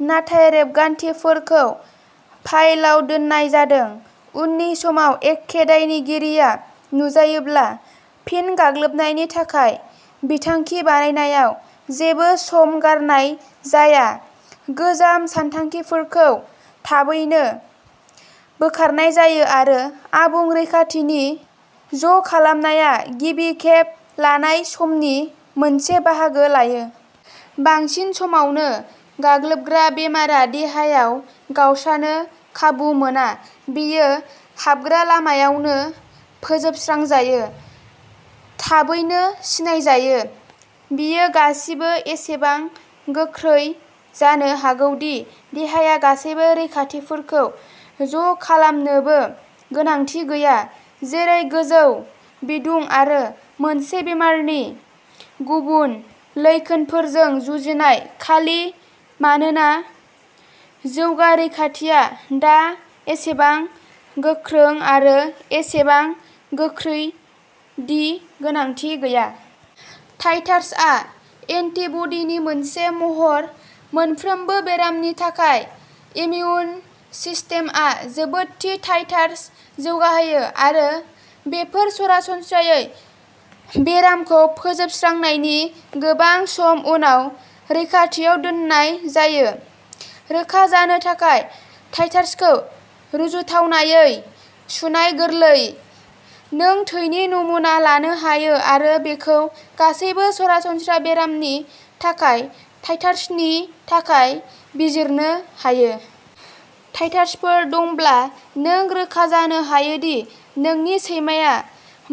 नाथाय रेबगान्थिफोरखौ फाइलाव दोननाय जादों। उननि समाव एखे दायनिगिरिआ नुजायोब्ला, फिन गाग्लोबनायनि थाखाय बिथांखि बानायनायाव जेबो सम गारनाय जाया-गोजाम सानथांखिफोरखौ थाबैनो बोखारनाय जायो, आरो आबुं रैखाथिनि ज'खालामनाया गिबि खेब लानाय समनि मोनसे बाहागो लायो। बांसिन समावनो, गाग्लोबग्रा बेरामा देहायाव गावस्रानो खाबु मोना-बेयो हाबग्रा लामायावनो फोजोबस्रांजायो, थाबैनो सिनायजायो! बेयो गासिबो एसेबां गोख्रै जानो हागौ दि देहाया गासैबो रैखाथिफोरखौ ज'खालामनोबो गोनांथि गैया, जेरै गोजौ बिदुं आरो मोनसे बेरामनि गुबुन लैखोनफोरजों जुजिनाय-खालि मानोना जौगा रैखाथिआ दा एसेबां गोख्रों आरो एसेबां गोख्रै दि गोनांथि गैया! टाइटार्सआ "एन्टि-बडी" नि मोनसे महर। मोनफ्रोमबो बेरामनि थाखाय, इमिउन सिस्टेमआ जोबोद थि टाइटार्स जौगाहोयो, आरो बेफोर सरासनस्रायै बेरामखौ फोजोबस्रांनायनि गोबाव सम उनाव रैखाथिआव दोननाय जायो। रोखा जानो थाखाय। टाइटार्सखौ रुजुथावनायै सुनाय गोरलै। नों थैनि नमुना लानो हायो आरो बेखौ गासैबो सरासनस्रा बेरामफोरनि थाखाय टाइटार्सनि थाखाय बिजिरनो हायो। टाइटार्सफोर दंब्ला, नों रोखा जानो हायो दि नोंनि सैमाया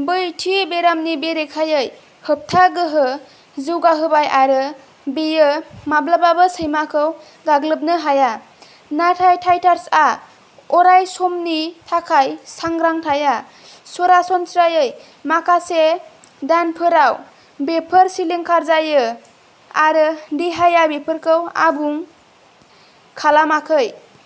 बै थि बेरामनि बेरेखायै होबथा गोहो जौगाहोबाय-आरो बेयो माब्लाबाबो सैमाखौ गाग्लोबनो हाया। नाथाय टाइटार्सआ अरायसमनि थाखाय सांग्रां थाया। सरासनस्रायै, माखासे दानफोराव, बेफोरो सिलिंखार जायो, आरो देहाया बेफोरखौ आबुं खालामाखै।